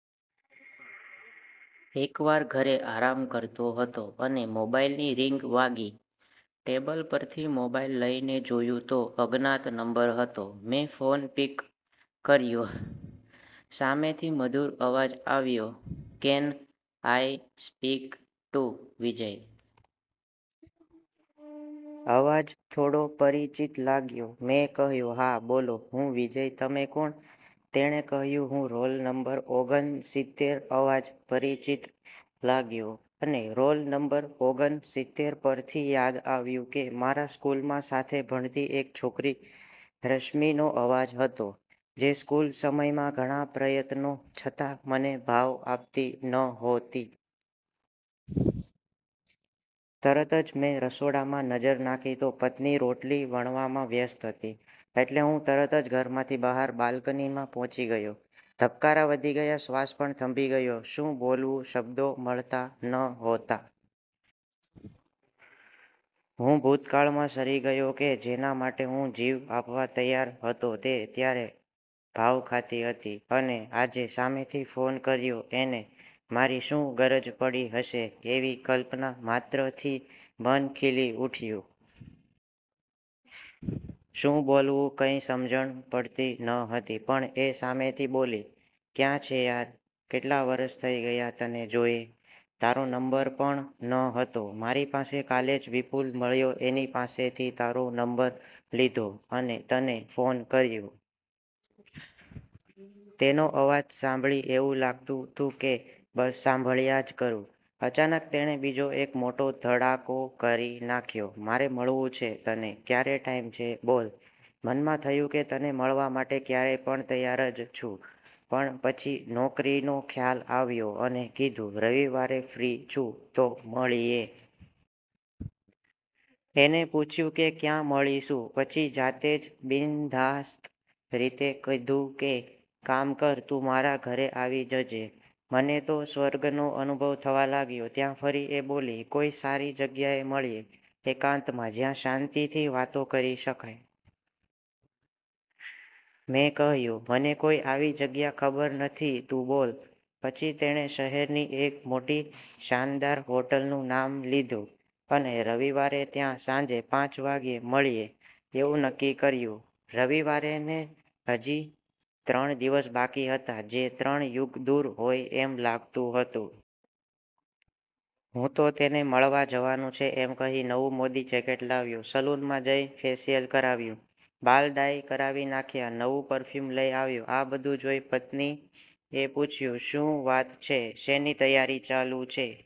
એક વાર ઘરે આરામ કરતો હતો અને મોબાઈલ ની રિંગ વાગી ટેબલ પર થી મોબાઈલ લઈ ને જોયું તો અજ્ઞાત નંબર હતો મેં ફોન પિક કર્યો સામે થી મધુર અવાજ આવ્યો can I speak to Vijay? અવાજ થોડો પરિચિત લાગ્યો મેં કહ્યું હા બોલો હું વિજય તમે કોણ? તેણે કહ્યું હું રોલ નમ્બર ઓગન સિત્તેર. અવાજ પરિચિત લાગ્યો અને રોલ નમ્બર ઓગન સિત્તેર પર થી યાદ આવ્યું કે મારા સ્કૂલ માં સાથે ભણતી એક છોકરી રશ્મિનો અવાજ હતો, જે સ્કૂલ સમયમાં ઘણા પ્રયત્નો છતાં મને ભાવ આપતી નહોતી. તરત જ મેં રસોડામાં નજર નાખી તો પત્ની રોટલી વણવામાં વ્યસ્ત હતી, એટલે હું તરત જ ઘરમાંથી બહાર બાલ્કની માં પહોંચી ગયો, ધબકારા વધી ગયા, શ્વાસ પણ થંભી ગયો. શું બોલવું શબ્દો મળતા નહોતા. હું ભૂતકાળમાં સરી ગયો કે જેના માટે હું જીવ આપવા તૈયાર હતો તે ત્યારે ભાવ ખાતી હતી અને આજે સામેથી ફોન કર્યો એને મારી શું ગરજ પડી હશે એવી કલ્પના માત્ર થી મન ખીલી ઉઠ્યું. શું બોલવું કઇ સમજણ પડતી નહતી પણ એ સામેથી બોલી: ક્યાં છે યાર, કેટલા વરસ થઈ ગયા તને જોયે, તારો નમ્બર પણ નહતો મારી પાસે. કાલે જ વિપુલ મળ્યો એની પાસેથી તારો નમ્બર લીધો અને તને ફોન કર્યો. તેનો અવાજ સાંભળી એવું લાગતું તું કે બસ સાંભળ્યા જ કરું. અચાનક તેણે બીજો એક મોટો ધડાકો કરી નાખ્યો, મારે મળવું છે તને ક્યારે ટાઈમ છે બોલ! મનમાં થયું કે તને મળવા માટે ક્યારેય પણ તૈયાર જ છુ, પણ પછી નોકરીનો ખ્યાલ આવ્યો અને કીધું રવિવારે ફ્રી છુ તો મળીએ. એને પૂછ્યું કે કયા મળીશું પછી જાતે જ બિન્ધાસ્ત રીતે કીધું કે કામ કર તું મારા ઘરે આવી જજે. મને તો સ્વર્ગનો અનુભવ થવા લાગ્યો ત્યાં ફરી એ બોલી કોઈ સારી જગ્યાએ મળીયે એકાંતમાં જ્યાં શાંતિથી વાતો કરી શકાય. મેં કહ્યું મને કોઈ આવી જગ્યા ખબર નથી તું બોલ. પછી તેણે શહેર ની એક મોટી શાનદાર હોટલનું નામ લીધું અને રવિવારે ત્યાં સાંજે પાંચ વાગ્યે મળીએ એવું નક્કી કર્યુ. રવિવારે ને હજી ત્રણ દિવસ બાકી હતા જે ત્રણ યુગ દૂર હોય એમ લાગતું હતું. હું તો તેને મળવા જવાનું છે એમ કરી નવું મોદી જેકેટ લાવ્યો, સલૂન માં જઈ ફેસિયલ કરાવ્યું, બાલ ડાઈ કરાવી નાખ્યા, નવું પરફ્યુમ લઈ આવ્યો આ બધું જોઈ પત્ની એ પૂછ્યું શું વાત છે શેની તૈયારી ચાલુ છે?